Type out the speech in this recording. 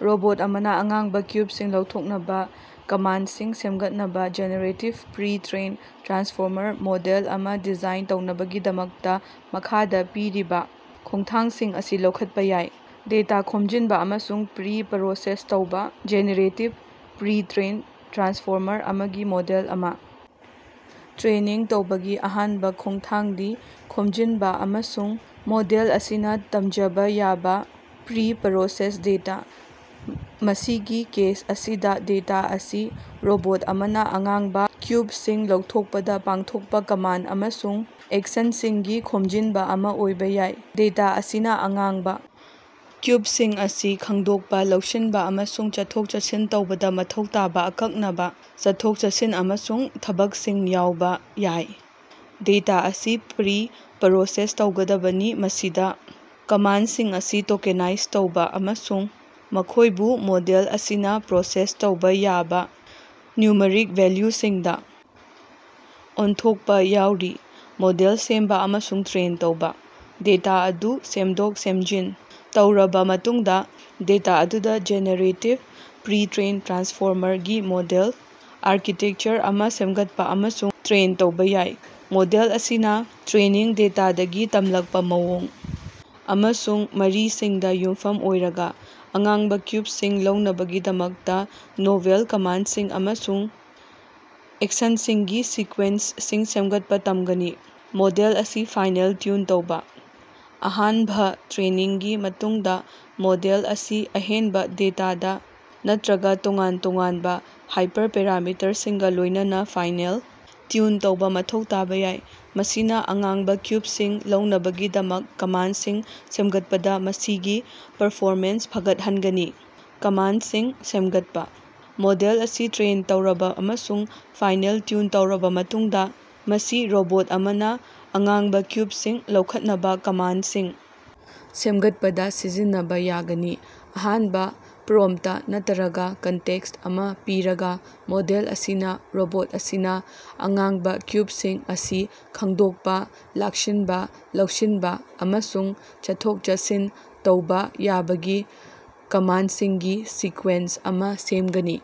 Robot ꯑꯃꯅ ꯑꯉꯥꯡꯕ ꯀ꯭ꯌꯨꯕꯁꯤꯡ ꯂꯧꯊꯣꯛꯅꯕꯥ ꯀꯃꯥꯟꯗꯁꯤꯡ ꯁꯦꯝꯒꯠꯅꯕꯥ ꯖꯦꯅꯦꯔꯦꯇꯤꯞ ꯄ꯭ꯔꯤꯇ꯭ꯔꯦꯟ ꯇ꯭ꯔꯥꯟꯁꯐꯣꯔꯃꯔ ꯃꯣꯗꯦꯜ ꯑꯃ ꯗꯤꯖꯥꯏꯟ ꯇꯧꯅꯕꯒꯤꯗꯃꯛꯇ ꯃꯈꯥꯗ ꯄꯤꯔꯤꯕ ꯈꯣꯡꯊꯥꯡꯁꯤꯡ ꯑꯁꯤ ꯂꯧꯈꯠꯄ ꯌꯥꯏ - ꯗꯦꯇꯥ ꯈꯣꯝꯖꯤꯟꯕ ꯑꯃꯁꯨꯡ ꯄ꯭ꯔꯤꯄꯔꯣꯁꯦꯁ ꯇꯧꯕ - ꯖꯦꯅꯦꯔꯦꯇꯤꯞ ꯄ꯭ꯔꯤꯇ꯭ꯔꯦꯟ ꯇ꯭ꯔꯥꯟꯁꯐꯣꯔꯃꯔ ꯑꯃꯒꯤ ꯃꯣꯗꯦꯜ ꯑꯃ ꯇ꯭ꯔꯦꯅꯤꯡ ꯇꯧꯕꯒꯤ ꯑꯍꯥꯟꯕ ꯈꯣꯡꯊꯥꯡꯗꯤ ꯈꯣꯝꯖꯤꯟꯕ ꯑꯃꯁꯨꯡ ꯃꯣꯗꯦꯜ ꯑꯁꯤꯅ ꯇꯝꯖꯕꯥ ꯌꯥꯕ ꯄ꯭ꯔꯤꯄꯔꯣꯁꯦꯁ ꯗꯦꯇꯥ꯫ ꯃꯁꯤꯒꯤ ꯀꯦꯁ ꯑꯁꯤꯗ ꯗꯦꯇꯥ ꯑꯁꯤ ꯔꯣꯕꯣꯠ ꯑꯃꯅ ꯑꯉꯥꯡꯕ ꯀ꯭ꯌꯨꯕꯁꯤꯡ ꯂꯧꯊꯣꯛꯄꯗ ꯄꯥꯡꯊꯣꯛꯄ ꯀꯃꯥꯟꯗ ꯑꯃꯁꯨꯡ ꯑꯦꯛꯁꯟꯁꯤꯡꯒꯤ ꯈꯣꯝꯖꯤꯟꯕ ꯑꯃ ꯑꯣꯏꯕ ꯌꯥꯏ꯫ ꯗꯦꯇꯥ ꯑꯁꯤꯅ ꯑꯉꯥꯡꯕ ꯀ꯭ꯌꯨꯕꯁꯤꯡ ꯑꯁꯤ ꯈꯪꯗꯣꯛꯄ, ꯂꯧꯁꯤꯟꯕ ꯑꯃꯁꯨꯡ ꯆꯠꯊꯣꯛ-ꯆꯠꯁꯤꯟ ꯇꯧꯕꯗ ꯃꯊꯧ ꯇꯥꯕ ꯑꯀꯛꯅꯕ ꯆꯠꯊꯣꯛ-ꯆꯠꯁꯤꯟ ꯑꯃꯁꯨꯡ ꯊꯕꯛꯁꯤꯡ ꯌꯥꯎꯕ ꯌꯥꯏ꯫ ꯗꯦꯇꯥ ꯑꯁꯤ ꯄ꯭ꯔꯤꯄꯔꯣꯁꯦꯁ ꯇꯧꯒꯗꯕꯅꯤ, ꯃꯁꯤꯗ ꯀꯃꯥꯟꯗꯁꯤꯡ ꯑꯁꯤ ꯇꯣꯀꯦꯅꯥꯏꯖ ꯇꯧꯕ ꯑꯃꯁꯨꯡ ꯃꯈꯣꯏꯕꯨ ꯃꯣꯗꯦꯜ ꯑꯁꯤꯅ ꯄ꯭ꯔꯣꯁꯦꯁ ꯇꯧꯕ ꯌꯥꯕ ꯅ꯭ꯌꯨꯃꯔꯤꯛ ꯚꯦꯂ꯭ꯌꯨꯁꯤꯡꯗ ꯑꯣꯟꯊꯣꯛꯄ ꯌꯥꯎꯔꯤ꯫ ꯃꯣꯗꯦꯜ ꯁꯦꯝꯕ ꯑꯃꯁꯨꯡ ꯇ꯭ꯔꯦꯟ ꯇꯧꯕ - ꯗꯦꯇꯥ ꯑꯗꯨ ꯁꯦꯝꯗꯣꯛ-ꯁꯦꯝꯖꯤꯟ ꯇꯧꯔꯕꯥ ꯃꯇꯨꯡꯗ, ꯗꯦꯇꯥ ꯑꯗꯨꯗ ꯖꯦꯅꯦꯔꯦꯇꯤꯞ ꯄ꯭ꯔꯤꯇ꯭ꯔꯦꯟ ꯇ꯭ꯔꯥꯟꯁꯐꯣꯔꯃꯔ ꯒꯤ ꯃꯣꯗꯦꯜ ꯑꯥꯔꯀꯤꯇꯦꯛꯆꯔ ꯑꯃ ꯁꯦꯝꯒꯠꯄ ꯑꯃꯁꯨꯡ ꯇ꯭ꯔꯦꯟ ꯇꯧꯕ ꯌꯥꯏ꯫ ꯃꯣꯗꯦꯜ ꯑꯁꯤꯅ ꯇ꯭ꯔꯦꯅꯤꯡ ꯗꯦꯇꯥꯗꯒꯤ ꯇꯝꯂꯛꯄ ꯃꯑꯣꯡ ꯑꯃꯁꯨꯡ ꯃꯔꯤꯁꯤꯡꯗ ꯌꯨꯝꯐꯝ ꯑꯣꯏꯔꯒꯥ, ꯑꯉꯥꯡꯕ ꯀ꯭ꯌꯨꯕꯁꯤꯡ ꯂꯧꯅꯕꯒꯤꯗꯃꯛꯇ ꯅꯣꯚꯦꯜ ꯀꯃꯥꯟꯗꯁꯤꯡ ꯑꯃꯁꯨꯡ ꯑꯦꯛꯁꯟꯁꯤꯡꯒꯤ ꯁꯤꯀ꯭ꯋꯦꯟꯁꯁꯤꯡ ꯁꯦꯝꯒꯠꯄ ꯇꯝꯒꯅꯤ꯫ ꯃꯣꯗꯦꯜ ꯑꯁꯤ ꯐꯥꯏꯅꯦꯜ ꯇ꯭ꯌꯨꯟ ꯇꯧꯕ - ꯑꯍꯥꯟꯚ ꯇ꯭ꯔꯦꯅꯤꯡꯒꯤ ꯃꯇꯨꯡꯗ, ꯃꯣꯗꯦꯜ ꯑꯁꯤ ꯑꯍꯦꯟꯕ ꯗꯦꯇꯥꯗ, ꯅꯠꯇꯔꯒ ꯇꯣꯉꯥꯟ ꯇꯣꯉꯥꯟꯕ ꯍꯥꯏꯄꯔꯄꯦꯔꯥꯃꯤꯇꯔꯁꯤꯡꯒ ꯂꯣꯏꯅꯅ ꯐꯥꯏꯅꯦꯜ ꯇ꯭ꯌꯨꯟ ꯇꯧꯕ ꯃꯊꯧ ꯇꯥꯕ ꯌꯥꯏ, ꯃꯁꯤꯅ ꯑꯉꯥꯡꯕ ꯀ꯭ꯌꯨꯕꯁꯤꯡ ꯂꯧꯅꯕꯒꯤꯗꯃꯛ ꯀꯃꯥꯟꯗꯁꯤꯡ ꯁꯦꯝꯒꯠꯄꯗ ꯃꯁꯤꯒꯤ ꯄꯔꯐꯣꯃꯦꯟꯁ ꯐꯒꯠꯍꯟꯒꯅꯤ꯫ ꯀꯃꯥꯟꯗꯁꯤꯡ ꯁꯦꯝꯒꯠꯄ - ꯃꯣꯗꯦꯜ ꯑꯁꯤ ꯇ꯭ꯔꯦꯟ ꯇꯧꯔꯕ ꯑꯃꯁꯨꯡ ꯐꯥꯏꯅꯦꯜ ꯇ꯭ꯌꯨꯟ ꯇꯧꯔꯕ ꯃꯇꯨꯡꯗ ꯃꯁꯤ ꯔꯣꯕꯣꯠ ꯑꯃꯅ ꯑꯉꯥꯡꯕ ꯀ꯭ꯌꯨꯕꯁꯤꯡ ꯂꯧꯈꯠꯅꯕꯥ ꯀꯃꯥꯟꯗꯁꯤꯡ ꯁꯦꯝꯒꯠꯄꯗ ꯁꯤꯖꯤꯟꯅꯕꯥ ꯌꯥꯒꯅꯤ꯫ ꯑꯍꯥꯟꯕ ꯄ꯭ꯔꯣꯝ꯭ꯞꯇ ꯅꯠꯇꯔꯒ ꯀꯟꯇꯦꯛꯁ ꯑꯃ ꯄꯤꯔꯒ, ꯃꯣꯗꯦꯜ ꯑꯁꯤꯅ ꯔꯣꯕꯣꯠ ꯑꯁꯤꯅ ꯑꯉꯥꯡꯕ ꯀ꯭ꯌꯨꯕꯁꯤꯡ ꯑꯁꯤ ꯈꯪꯗꯣꯛꯄ, ꯂꯥꯛꯁꯤꯟꯕ, ꯂꯧꯁꯤꯟꯕ ꯑꯃꯁꯨꯡ ꯆꯠꯊꯣꯛ-ꯆꯠꯁꯤꯟ ꯇꯧꯕ ꯌꯥꯕ ꯀꯃꯥꯟꯗꯁꯤꯡꯒꯤ ꯁꯤꯀ꯭ꯋꯦꯟꯁ ꯑꯃ ꯁꯦꯝꯒꯅꯤ꯫